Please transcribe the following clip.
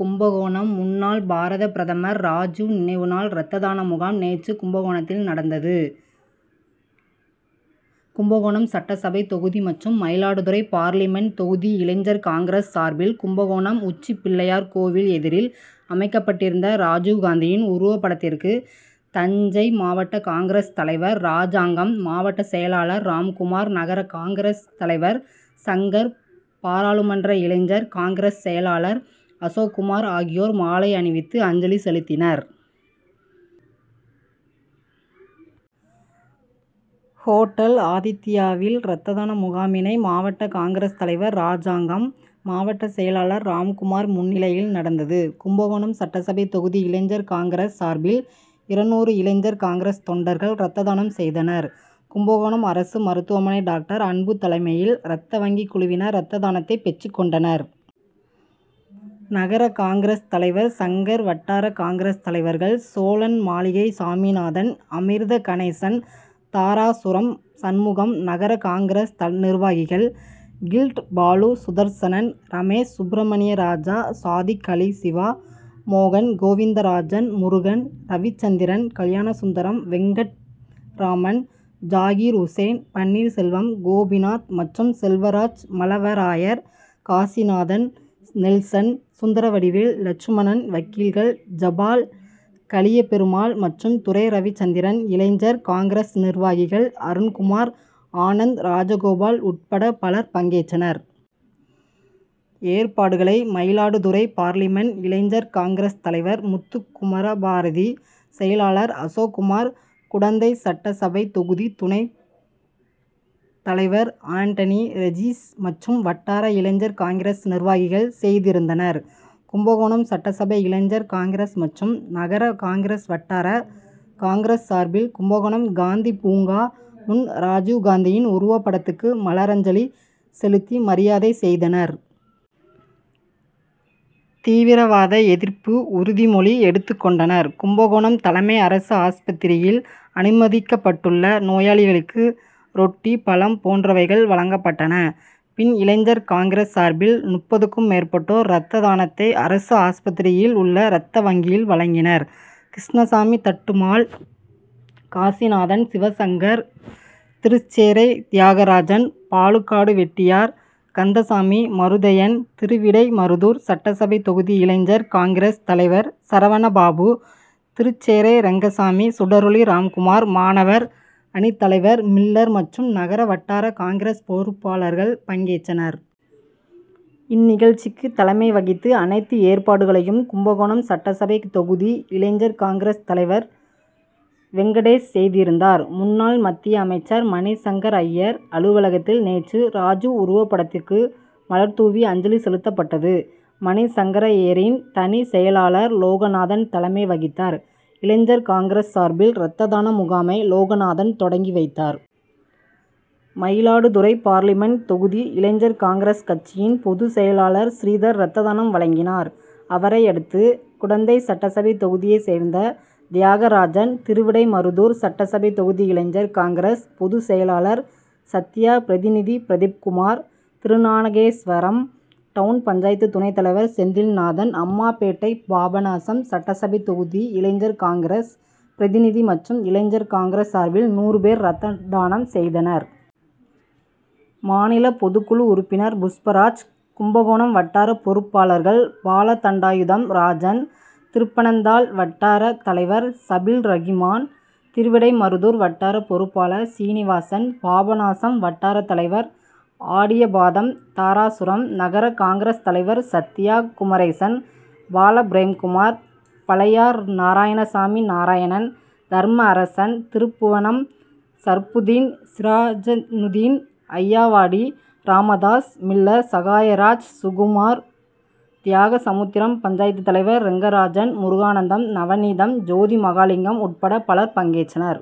கும்பகோணம் முன்னாள் பாரத பிரதமர் ராஜீவ் நினைவு நாள் ரத்ததான முகாம் நேற்று கும்பகோணத்தில் நடந்தது. கும்பகோணம் சட்டசபை தொகுதி மற்றும் மயிலாடுதுறை பார்லிமென்ட் தொகுதி இளைஞர் காங்கிரஸ் சார்பில் கும்பகோணம் உச்சிப்பிள்ளையார் கோவில் எதிரில் அமைக்கப்பட்டிருந்த ராஜீவ்காந்தியின் உருவப்படத்திற்கு தஞ்சை மாவட்ட காங்கிரஸ் தலைவர் ராஜாங்கம் மாவட்ட செயலாளர் ராம்குமார் நகர காங்கிரஸ் தலைவர் சங்கர் பாராளுமன்ற இளைஞர் காங்கிரஸ் செயலாளர் அசோக்குமார் ஆகியோர் மாலை அணிவித்து அஞ்சலி செலுத்தினர். ஹோட்டல் ஆதித்தியாவில் ரத்ததான முகாமினை மாவட்ட காங்கிரஸ் தலைவர் ராஜாங்கம் மாவட்டச் செயலாளர் ராம்குமார் முன்னிலையில் நடந்தது. கும்பகோணம் சட்டசபை தொகுதி இளைஞர் காங்கிரஸ் சார்பில் இருநூறு இளைஞர் காங்கிரஸ் தொண்டர்கள் ரத்ததானம் செய்தனர். கும்பகோணம் அரசு மருத்துவமனை டாக்டர் அன்பு தலைமையில் ரத்த வங்கி குழுவினர் ரத்ததானத்தை பெற்றுக்கொண்டனர். நகர காங்கிரஸ் தலைவர் சங்கர் வட்டார காங்கிரஸ் தலைவர்கள் சோழன்மாளிகை சாமிநாதன் அமிர்த கணேசன் தாராசுரம் சண்முகம் நகர காங்கிரஸ் நிர்வாகிகள் கில்ட் பாலு சுதர்சனன் ரமேஷ் சுப்பிரமணியராஜா சாதிக்அலி சிவா மோகன் கோவிந்தராஜன் முருகன் ரவிச்சந்திரன் கல்யாணசுந்தரம் வெங்கட்ராமன் ஜாஹீர்உசேன் பன்னீர்செல்வம் கோபிநாத் மற்றும் செல்வராஜ்மழவராயர் காசிநாதன் நெல்சன் சுந்தரவடிவேல் லட்சுமணன் வக்கீல்கள் ஜெபால் கலியபெருமாள் மற்றும் துரை ரவிசந்திரன் இளைஞர் காங்கிரஸ் நிர்வாகிகள் அருண்குமார் ஆன்ந்த் ராஜகோபால் உட்பட பலர் பங்கேற்றனர். ஏற்பாடுகளை மயிலாடுதுறை பார்லிமென்ட் இளைஞர் காங்கிரஸ் தலைவர் முத்துக்குமரபாரதி செயலாளர் அசோக்குமார் குடந்தை சட்டசபை தொகுதி துணைத்தலைவர் ஆண்டனி ரெஜிஸ் மற்றும் வட்டார இளைஞர் காங்கிரஸ் நிர்வாகிகள் செய்திருந்தனர். கும்பகோணம் சட்டசபை இளைஞர் காங்கிரஸ் மற்றும் நகர காங்கிரஸ் வட்டார காங்கிரஸ் சார்பில் கும்பகோணம் காந்தி பூங்கா முன் ராஜீவ்காந்தியின் உருவபடத்துக்கு மலரஞ்சலி செலுத்தி மரியாதை செய்தனர். தீவிரவாத எதிர்ப்பு உறுதிமொழி எடுத்துக் கொண்டனர். கும்பகோணம் தலைமை அரசு ஆஸ்பத்திரியில் அனுமதிக்கப்பட்டுள்ள நோயாளிகளுக்கு ரொட்டி பழம் போன்றவைகள் வழங்கப்பட்டன. பின் இளைஞர் காங்கிரஸ் சார்பில் முப்பதுக்கும் மேற்பட்டோர் ரத்ததானத்தை அரசு ஆஸ்பத்திரியில் உள்ள ரத்தவங்கியில் வழங்கினர். கிருஷ்ணசாமி தட்டுமால் காசிநாதன் சிவசங்கர் திருச்சேறை தியாகராஜன் பாலுகாடுவெட்டியார் கந்தசாமி மருதையன் திருவிடைமருதூர் சட்டசபை தொகுதி இளைஞர் காங்கிரஸ் தலைவர் சரவணபாபு திருச்சேறை ரெங்கசாமி சுடரொலி ராம்குமார் மாணவர் அணி தலைவர் மில்லர் மற்றும் நகர வட்டார காங்கிரஸ் பொறுப்பாளர்கள் பங்கேற்றனர். இந்நிகழ்ச்சிக்கு தலைமை வகித்து அனைத்து ஏற்பாடுகளையும் கும்பகோணம் சட்டசபை தொகுதி இளைஞர் காங்கிரஸ் தலைவர் வெங்கடேஷ் செய்திருந்தார். முன்னாள் மத்திய அமைச்சர் மணிசங்கர்அய்யர் அலுவலகத்தில் நேற்று ராஜீவ் உருவபடத்துக்கு மலர்தூவி அஞ்சலி செலுத்தப்பட்டது. மணிசங்கரய்யரின் தனிச் செயலாளர் லோகநாதன் தலைமை வகித்தார். இளைஞர் காங்கிரஸ் சார்பில் ரத்ததான முகாமை லோகநாதன் தொடங்கி வைத்தார். மயிலாடுதுறை பார்லிமென்ட் தொகுதி இளைஞர் காங்கிரஸ் கட்சியின் பொதுச்செயலாளர் ஸ்ரீதர் ரத்ததானம் வழங்கினார். அவரையடுத்து குடந்தை சட்டசபை தொகுதியைச் சேர்ந்த தியாகராஜன் திருவிடைமருதூர் சட்டசபை தொகுதி இளைஞர் காங்கிரஸ் பொதுச்செயலாளர் சத்யா பிரதிநிதி பிரதீப்குமார் திருநாகேஸ்வரம் டவுன் பஞ்சாயத்து துணைத்தலைவர் செந்தில்நாதன் அம்மாபேட்டை பாபநாசம் சட்டசபை தொகுதி இளைஞர் காங்கிரஸ் பிரதிநிதி மற்றும் இளைஞர் காங்கிரஸ் சார்பில் நூறு பேர் ரத்ததானம் செய்தனர். மாநில பொதுக்குழு உறுப்பினர் புஷ்பராஜ் கும்பகோணம் வட்டார பொறுப்பாளர்கள் பாலதண்டாயுதம் ராஜன் திருப்பனந்தாள் வட்டாரத் தலைவர் சபீல்ரஹீமான் திருவிடைமருதூர் வட்டார பொறுப்பாளர் சீனிவாசன் பாபநாசம் வட்டாரத்தலைவர் ஆடியபாதம் தாராசுரம் நகர காங்கிரஸ் தலைவர் சத்யா குமரேசன் பாலபிரேம்குமார் பழையார் நாராயணசாமி நாராயணன் தர்மஅரசன் திருபுவனம் சர்புதீன் சிராஜஞுதீன் அய்யாவாடி ராமதாஸ் மில்லர் சகாயராஜ் சுகுமார் தியாகசமுத்திரம் பஞ்சாயத்து தலைவர் ரெங்கராஜன் முருகானந்தம் நவநீதம் ஜோதிமகாலிங்கம் உட்பட பலர் பங்கேற்றனர்.